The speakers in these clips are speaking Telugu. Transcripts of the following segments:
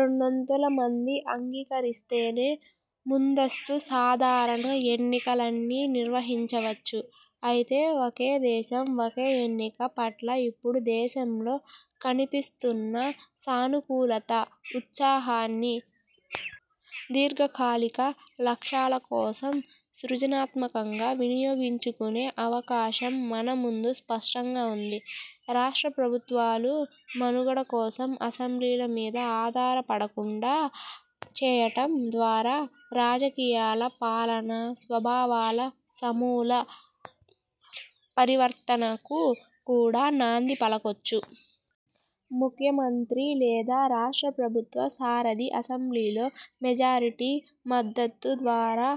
రెండొంతుల మంది అంగీకరిస్తేనే, ముందస్తు సాధారణ ఎన్నికల్ని నిర్వహించవచ్చు. అయితే, ఒకే దేశం – ఒకే ఎన్నిక పట్ల ఇప్పుడు దేశంలో కనిపిస్తున్న సానుకూలత, ఉత్సాహాన్ని దీర్ఘకాలిక లక్ష్యాలకోసం సృజనాత్మకంగా వినియోగించుకునే అవకాశం మన ముందు స్పష్టంగా ఉంది. రాష్ట్ర ప్రభుత్వాలు మనుగడ కోసం అసెంబ్లీల మీద ఆధారపడకుండా చేయటం ద్వారా రాజకీయాల, పాలన స్వభావాల సమూల పరివర్తనకు కూడా నాంది పలకొచ్చు. ముఖ్యమంత్రి లేదా రాష్ట్ర ప్రభుత్వ సారథి అసెంబ్లీలో మెజారిటీ మద్దతు ద్వారా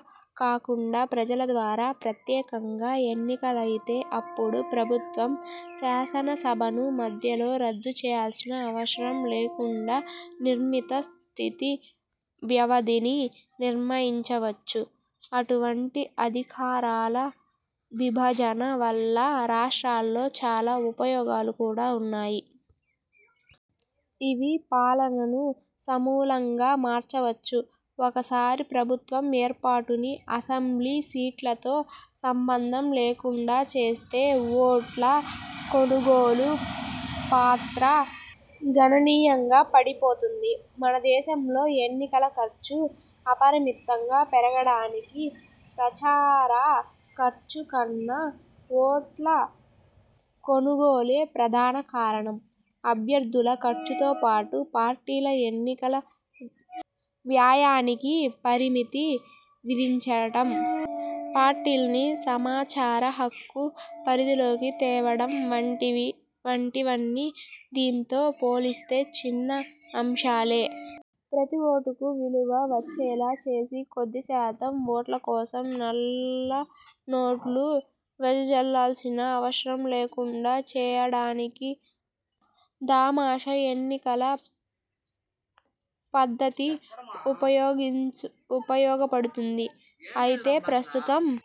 కాకుండా ప్రజల ద్వారా ప్రత్యేకంగా ఎన్నికైతేఅప్పుడు ప్రభుత్వం, శాసనసభను మధ్యలో రద్దు చేయాల్సిన అవసరం లేకుండా నిర్ణీత స్థితి వ్యవధిని నిర్ణయించవచ్చు. అటువంటి అధికారాల విభజన వల్ల రాష్ట్రాల్లో చాలా ఉపయోగాలు కూడా ఉంటాయి. ఇవి పాలనను సమూలంగా మార్చవచ్చు. ఒక్కసారి ప్రభుత్వం ఏర్పాటుని అసెంబ్లీ సీట్లతో సంబంధం లేకుండా చేస్తే, ఓట్ల కొనుగోలు పాత్ర గణనీయంగా పడిపోతుంది. మనదేశంలో ఎన్నికల ఖర్చు అపరిమితంగా పెరగడానికి ప్రచార ఖర్చుకన్నా ఓట్ల కొనుగోలే ప్రధాన కారణం. అభ్యర్థుల ఖర్చుతో పాటు పార్టీల ఎన్నికల వ్యాయానికి పరిమితి విధించటం, పార్టీల్ని సమాచార హక్కు పరిధిలోకి తేవటం వంటివన్నీ దీంతో పోలిస్తే చిన్న అంశాలే. ప్రతి ఓటుకూ విలువ వచ్చేలా చేసి, కొద్ది శాతం ఓట్ల కోసం నల్ల నోట్లు వెదజల్లాల్సిన అవసరం లేకుండా చేయటానికి దామాషా ఎన్నికల పద్ధతి ఉపయోగించు ఉపయోగపడుతుంది. అయితే ప్రస్తుతం